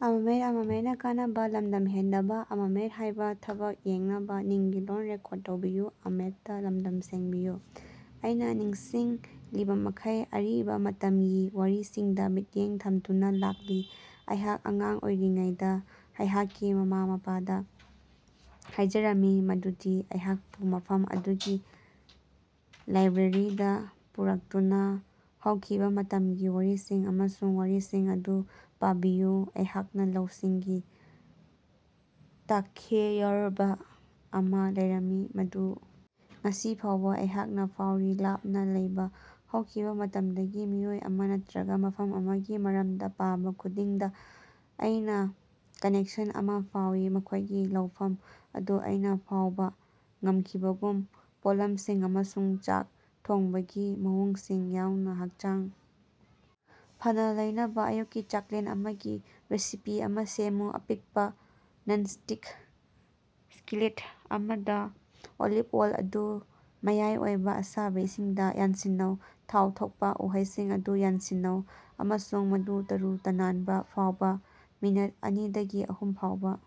ꯑꯩꯅꯥ ꯅꯤꯡꯁꯤꯡꯂꯤꯕꯃꯈꯩ ꯑꯔꯤꯕꯥ ꯃꯇꯝꯒꯤ ꯋꯥꯔꯤꯁꯤꯡꯗ ꯃꯤꯠꯌꯦꯡ ꯊꯝꯗꯨꯅ ꯂꯥꯛꯂꯤ꯫ ꯑꯩꯍꯥꯛ ꯑꯉꯥꯡ ꯑꯣꯏꯔꯤꯉꯩꯗ ꯑꯩꯍꯥꯛꯀꯤ ꯃꯃꯥ-ꯃꯄꯥꯗ ꯍꯥꯏꯖꯔꯝꯃꯤ ꯃꯗꯨꯗꯤ ꯑꯩꯍꯥꯛꯄꯨ ꯃꯐꯝ ꯑꯗꯨꯒꯤ ꯂꯥꯏꯕ꯭ꯔꯦꯔꯤꯗ ꯄꯨꯔꯛꯇꯨꯅ ꯍꯧꯈꯤꯕ ꯃꯇꯝꯒꯤ ꯋꯥꯔꯤꯁꯤꯡ ꯑꯃꯁꯨꯡ ꯋꯥꯔꯤꯁꯤꯡ ꯑꯗꯨ ꯄꯥꯕꯤꯌꯨ꯫ ꯑꯩꯍꯥꯛꯅꯥ ꯂꯧꯁꯤꯡꯒꯤ ꯇꯛꯈꯥꯌꯔꯕ ꯑꯃ ꯂꯩꯔꯝꯃꯤ ꯃꯗꯨ ꯉꯁꯤ ꯐꯥꯎꯕ ꯑꯩꯍꯥꯛꯅ ꯐꯥꯎꯔꯤ꯫ ꯂꯥꯞꯅ ꯂꯩꯕ ꯍꯧꯈꯤꯕ ꯃꯇꯝꯗꯒꯤ ꯃꯤꯑꯣꯏ ꯑꯃ ꯅꯠꯇꯔꯒ ꯃꯐꯝ ꯑꯃꯒꯤ ꯃꯔꯝꯗ ꯄꯥꯕ ꯈꯨꯗꯤꯡꯗ ꯑꯩꯅ ꯀꯅꯦꯛꯁꯟ ꯑꯃ ꯐꯥꯎꯏ, ꯃꯈꯣꯏꯒꯤ ꯂꯧꯐꯝ ꯑꯗꯨ ꯑꯩꯅ ꯐꯥꯎꯕ ꯉꯝꯈꯤꯕꯒꯨꯝ꯫ ꯄꯣꯠꯂꯝꯁꯤꯡ ꯑꯃꯁꯨꯡ ꯆꯥꯛ ꯊꯣꯡꯕꯒꯤ ꯃꯑꯣꯡꯁꯤꯡ ꯌꯥꯎꯅ ꯍꯛꯆꯥꯡ ꯐꯅꯥ ꯂꯩꯅꯕ ꯑꯌꯨꯛꯀꯤ ꯆꯥꯛꯂꯦꯟ ꯑꯃꯒꯤ ꯔꯦꯁꯤꯄꯤ ꯑꯃ ꯁꯦꯝꯃꯨ꯫ ꯑꯄꯤꯛꯄ ꯅꯟ-ꯁ꯭ꯇꯤꯛ ꯁ꯭ꯀꯤꯂꯦꯠ ꯑꯃꯗ ꯑꯣꯂꯤꯚ ꯑꯣꯜ ꯑꯗꯨ ꯃꯌꯥꯏ ꯑꯣꯏꯕ ꯑꯁꯥꯕ ꯏꯁꯤꯡꯗ ꯌꯥꯟꯁꯤꯟꯅꯧ꯫ ꯊꯥꯎ ꯊꯣꯛꯄ ꯎꯍꯩꯁꯤꯡ ꯑꯗꯨ ꯌꯥꯟꯁꯤꯟꯅꯧ ꯑꯃꯁꯨꯡ ꯃꯗꯨ ꯇꯔꯨ-ꯇꯥꯅꯥꯟꯕ ꯐꯥꯎꯕ ꯃꯤꯅꯠ ꯑꯅꯤꯗꯒꯤ ꯑꯍꯨꯝ ꯐꯥꯎꯕ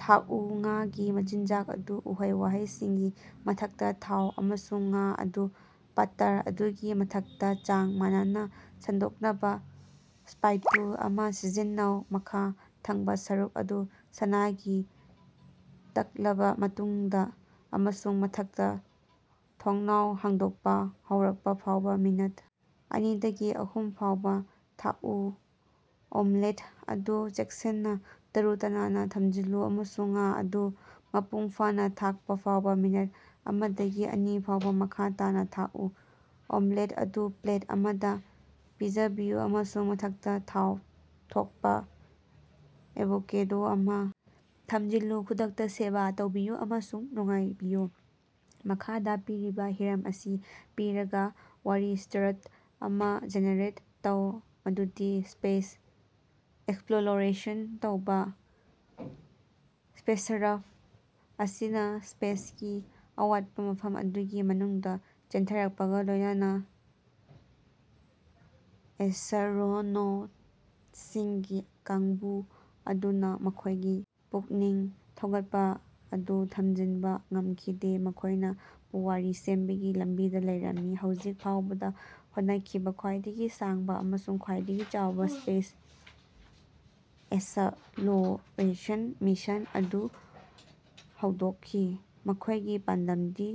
ꯊꯥꯛꯎ꯫ ꯉꯥꯒꯤ ꯃꯆꯤꯟꯖꯥꯛ ꯑꯗꯨ ꯎꯍꯩ-ꯋꯥꯍꯩꯁꯤꯡꯒꯤ ꯃꯊꯛꯇ ꯊꯥꯎ, ꯑꯃꯁꯨꯡ ꯉꯥ ꯑꯗꯨ ꯄꯥꯇ꯭ꯔ ꯑꯗꯨꯒꯤ ꯃꯊꯛꯇ ꯆꯥꯡ ꯃꯥꯟꯅꯅ ꯁꯟꯗꯣꯛꯅꯕ ꯁ꯭ꯄꯥꯏꯇꯨꯜ ꯑꯃ ꯁꯤꯖꯤꯟꯅꯧ꯫ ꯃꯈꯥ ꯊꯪꯕꯥ ꯁꯔꯨꯛ ꯑꯗꯨ ꯁꯅꯥꯒꯤ ꯇꯛꯂꯕꯥ ꯃꯇꯨꯡꯗ ꯑꯃꯁꯨꯡ ꯃꯊꯛꯇ ꯊꯣꯡꯅꯥꯎ ꯍꯥꯡꯗꯣꯛꯄ ꯍꯧꯔꯛꯄ ꯐꯥꯎꯕ ꯃꯤꯅꯠ ꯑꯅꯤꯗꯒꯤ ꯑꯍꯨꯝ ꯐꯥꯎꯕ ꯊꯥꯛꯎ꯫ ꯑꯣꯝꯂꯦꯠ ꯑꯗꯨ ꯆꯦꯛꯁꯤꯟꯅꯥ ꯇꯔꯨ-ꯇꯅꯥꯟꯅ ꯊꯝꯖꯤꯜꯂꯨ ꯑꯃꯁꯨꯡ ꯉꯥ ꯑꯗꯨ ꯃꯄꯨꯡꯐꯥꯅꯥ ꯊꯥꯛꯄ ꯐꯥꯎꯕ ꯃꯤꯅꯠ ꯑꯃꯗꯒꯤ ꯑꯅꯤ ꯐꯥꯎꯕ ꯃꯈꯥ ꯇꯥꯅ ꯊꯥꯛꯎ꯫ ꯑꯣꯝꯂꯦꯠ ꯑꯗꯨ ꯄ꯭ꯂꯦꯠ ꯑꯃꯗ ꯄꯤꯖꯕꯤꯌꯨ ꯑꯃꯁꯨꯡ ꯃꯊꯛꯇ ꯊꯥꯎ ꯊꯣꯛꯄ ꯑꯦꯚꯣꯀꯦꯗꯣ ꯑꯃ ꯊꯝꯖꯤꯜꯂꯨ꯫ ꯈꯨꯗꯛꯇ ꯁꯦꯕ ꯇꯧꯕꯤꯌꯨ ꯑꯃꯁꯨꯡ ꯅꯨꯡꯉꯥꯏꯕꯤꯌꯨ꯫ ꯃꯈꯥꯗ ꯄꯤꯔꯤꯕꯥ ꯍꯤꯔꯝ ꯑꯁꯤ ꯄꯤꯔꯒ ꯋꯥꯔꯤ ꯁ꯭ꯇꯥꯔꯠ ꯑꯃ ꯖꯦꯅꯦꯔꯦꯠ ꯇꯧ꯫ ꯃꯗꯨꯗꯤ ꯁ꯭ꯄꯦꯁ ꯑꯦꯛꯁꯄ꯭ꯔꯣꯂꯣꯔꯦꯁꯟ ꯇꯧꯕ꯫ ꯁ꯭ꯄꯦꯁꯛꯔꯥꯐ ꯑꯁꯤꯅ ꯁ꯭ꯄꯦꯁꯀꯤ ꯑꯋꯥꯠꯄ ꯃꯐꯝ ꯑꯗꯨꯒꯤ ꯃꯅꯨꯡꯗ ꯆꯦꯟꯊꯔꯛꯄꯒ ꯂꯣꯏꯅꯅ ꯑꯦꯁ꯭ꯠꯔꯣꯅꯣꯁꯤꯡꯒꯤ ꯀꯥꯡꯕꯨ ꯑꯗꯨꯅ ꯃꯈꯣꯏꯒꯤ ꯄꯨꯛꯅꯤꯡ ꯊꯧꯒꯠꯄ ꯑꯗꯨ ꯊꯝꯖꯤꯟꯕ ꯉꯝꯈꯤꯗꯦ꯫ ꯃꯈꯣꯏꯅ ꯄꯨꯋꯥꯔꯤ ꯁꯦꯝꯕꯒꯤ ꯂꯝꯕꯤꯗ ꯂꯩꯔꯝꯃꯤ, ꯍꯧꯖꯤꯛ ꯐꯥꯎꯕꯗ ꯍꯣꯠꯅꯈꯤꯕ ꯈ꯭ꯋꯥꯏꯗꯒꯤ ꯁꯥꯡꯕ ꯑꯃꯁꯨꯡ ꯈ꯭ꯋꯥꯏꯗꯒꯤ ꯆꯥꯎꯕ ꯁ꯭ꯄꯦꯁ ꯑꯦꯛꯁꯞꯂꯣꯔꯦꯁꯟ ꯃꯤꯁꯟ ꯑꯗꯨ ꯍꯧꯗꯣꯛꯈꯤ꯫ ꯃꯈꯣꯏꯒꯤ ꯄꯥꯟꯗꯝꯗꯤ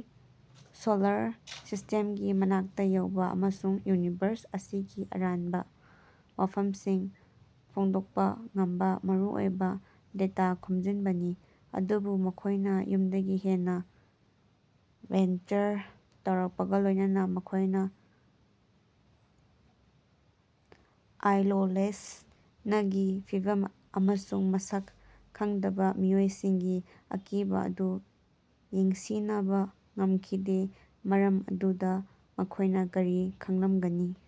ꯁꯣꯂꯥꯔ ꯁꯤꯁ꯭ꯇꯦꯝꯒꯤ ꯃꯅꯥꯛꯇ ꯌꯧꯕ ꯑꯃꯁꯨꯡ ꯌꯨꯅꯤꯚꯔꯁ ꯑꯁꯤꯒꯤ ꯑꯔꯥꯟꯕ ꯋꯥꯐꯝꯁꯤꯡ ꯐꯣꯡꯗꯣꯛꯄ ꯉꯝꯕ ꯃꯔꯨꯑꯣꯏꯕ ꯗꯦꯇꯥ ꯈꯣꯝꯖꯤꯟꯕꯅꯤ꯫ ꯑꯗꯨꯕꯨ ꯃꯈꯣꯏꯅ ꯌꯨꯝꯗꯒꯤ ꯍꯦꯟꯅ ꯚꯦꯟꯆꯔ ꯇꯧꯔꯛꯄꯒ ꯂꯣꯏꯅꯅ ꯃꯈꯣꯏꯅ ꯑꯥꯏꯂꯣꯂꯦꯁ ꯅꯪꯒꯤ ꯐꯤꯚꯝ ꯑꯃꯁꯨꯡ ꯃꯁꯛ ꯈꯪꯗꯕ ꯃꯤꯑꯣꯏꯁꯤꯡꯒꯤ ꯑꯀꯤꯕꯥ ꯑꯗꯨ ꯌꯦꯡꯁꯤꯅꯕꯥ ꯉꯝꯈꯤꯗꯦ꯫ ꯃꯐꯝ ꯑꯗꯨꯗ ꯃꯈꯣꯏꯅꯥ ꯀꯔꯤ ꯈꯪꯂꯝꯒꯅꯤ?